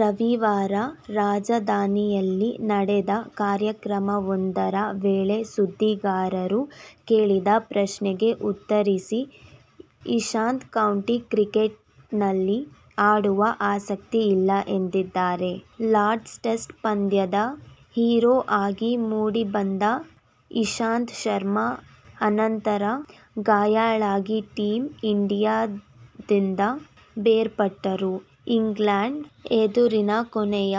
ರವಿವಾರ ರಾಜಧಾನಿಯಲ್ಲಿ ನಡೆದ ಕಾರ್ಯಕ್ರಮವೊಂದರ ವೇಳೆ ಸುದ್ದಿಗಾರರು ಕೇಳಿದ ಪ್ರಶ್ನೆಗೆ ಉತ್ತರಿಸಿದ ಇಶಾಂತ್, ಕೌಂಟಿ ಕ್ರಿಕೆಟ್ನಲ್ಲಿ ಆಡುವ ಆಸಕ್ತಿ ಇಲ್ಲ ಎಂದಿದ್ದಾರೆ. ಲಾರ್ಡ್ಸ್ ಟೆಸ್ಟ್ ಪಂದ್ಯದ ಹೀರೋ ಆಗಿ ಮೂಡಿಬಂದ ಇಶಾಂತ್ ಶರ್ಮ, ಅನಂತರ ಗಾಯಾಳಾಗಿ ಟೀಮ್ ಇಂಡಿಯಾದಿಂದ ಬೇರ್ಪಟ್ಟಿದ್ದರು. ಇಂಗ್ಲೆಂಡ್ ಎದುರಿನ ಕೊನೆಯ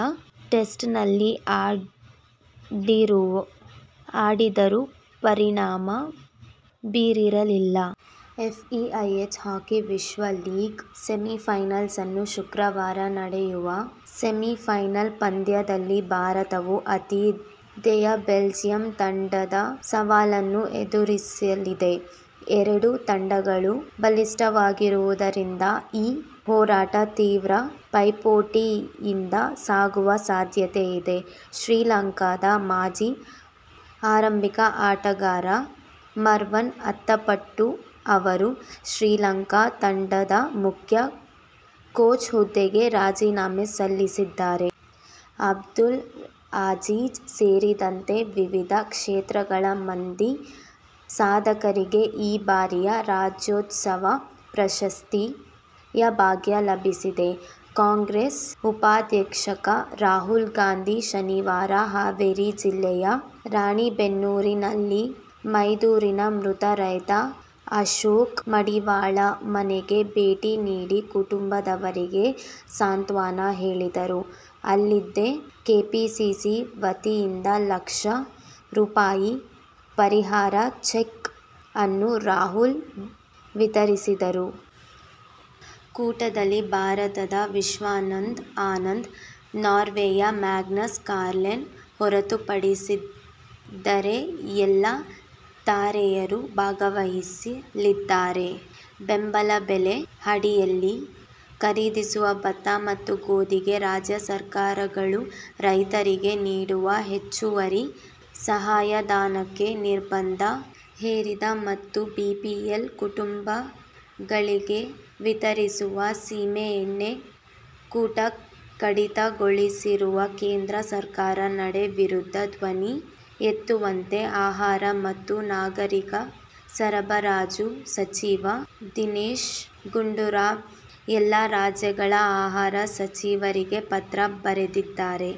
ಟೆಸ್ಟ್ನಲ್ಲಿ ಆಡಿದರೂ ಪರಿಣಾಮ ಬೀರಿರಲಿಲ್ಲ. ಎಫ್ಐಎಚ್ ಹಾಕಿ ವಿಶ್ವ ಲೀಗ್ ಸೆಮಿಫೈನಲ್ಸ್ನ ಶುಕ್ರವಾರ ನಡೆಯುವ ಸೆಮಿಫೈನಲ್ ಪಂದ್ಯದಲ್ಲಿ ಭಾರತವು ಆತಿಥೇಯ ಬೆಲ್ಜಿಯಂ ತಂಡದ ಸವಾಲನ್ನು ಎದುರಿಸಲಿದೆ. ಎರಡೂ ತಂಡಗಳು ಬಲಿಷ್ಠವಾಗಿರುವುದರಿಂದ ಈ ಹೋರಾಟ ತೀವ್ರ ಪೈಪೋಟಿಯಿಂದ ಸಾಗುವ ಸಾಧ್ಯತೆಯಿದೆ. ಶ್ರೀಲಂಕಾದ ಮಾಜಿ ಆರಂಭಿಕ ಆಟಗಾರ ಮರ್ವನ್ ಅತ್ತಪಟ್ಟು ಅವರು ಶ್ರೀಲಂಕಾ ತಂಡದ ಮುಖ್ಯ ಕೋಚ್ ಹುದ್ದೆಗೆ ರಾಜೀನಾಮೆ ಸಲ್ಲಿಸಿದ್ದಾರೆ. ಅಬ್ದುಲ್ ಅಜೀಜ್ ಸೇರಿದಂತೆ ವಿವಿಧ ಕ್ಷೇತ್ರಗಳ ಮಂದಿ ಸಾಧಕರಿಗೆ ಈ ಬಾರಿಯ ರಾಜ್ಯೋತ್ಸವ ಪ್ರಶಸ್ತಿಯ ಭಾಗ್ಯ ಲಭಿಸಿದೆ. ಕಾಂಗ್ರೆಸ್ ಉಪಾಧ್ಯಕ್ಷ ರಾಹುಲ್ ಗಾಂಧಿ ಶನಿವಾರ ಹಾವೇರಿ ಜಿಲ್ಲೆಯ ರಾಣಿಬೆನ್ನೂರಿನ ಮೈದೂರಿನ ಮೃತ ರೈತ ಅಶೋಕ್ ಮಡಿವಾಳ ಮನೆಗೆ ಭೇಟಿ ನೀಡಿ ಕುಟುಂಬದವರಿಗೆ ಸಾಂತ್ವನ ಹೇಳಿದರು. ಅಲ್ಲದೇ ಕೆಪಿಸಿಸಿ ವತಿಯಿಂದ ಲಕ್ಷ ರೂಪಾಯಿ ಪರಿಹಾರ ಚೆಕ್ ಅನ್ನು ರಾಹುಲ್ ವಿತರಿಸಿದರು. ಕೂಟದಲ್ಲಿ ಭಾರತದ ವಿಶ್ವನಾಥನ್ ಆನಂದ್, ನಾರ್ವೆಯ ಮ್ಯಾಗ್ನಸ್ ಕಾರ್ಲ್ಸನ್ ಹೊರತುಪಡಿಸಿದರೆ ಎಲ್ಲ ತಾರೆಯರೂ ಭಾಗವಹಿಸಲಿದ್ದಾರೆ. ಬೆಂಬಲ ಬೆಲೆ ಅಡಿಯಲ್ಲಿ ಖರೀದಿಸುವ ಭತ್ತ ಮತ್ತು ಗೋದಿಗೆ ರಾಜ್ಯ ಸರ್ಕಾರಗಳು ರೈತರಿಗೆ ನೀಡುವ ಹೆಚ್ಚುವರಿ ಸಹಾಯಧನಕ್ಕೆ ನಿರ್ಬಂಧ ಹೇರಿದ ಮತ್ತು ಬಿಪಿಎಲ್ ಕುಟುಂಗಳಿಗೆ ವಿತರಿಸುವ ಸೀಮೆ ಎಣ್ಣೆ ಕೋಟಾ ಕಡಿತಗೊಳಿಸಿರುವ ಕೇಂದ್ರ ಸರ್ಕಾರ ನಡೆ ವಿರುದ್ಧ ಧ್ವನಿ ಎತ್ತುವಂತೆ ಆಹಾರ ಮತ್ತು ನಾಗರಿಕ ಸರಬರಾಜು ಸಚಿವ ದಿನೇಶ ಗುಂಡೂರಾವ್ ಎಲ್ಲ ರಾಜ್ಯಗಳ ಆಹಾರ ಸಚಿವರಿಗೆ ಪತ್ರ ಬರೆದಿದ್ದಾರೆ.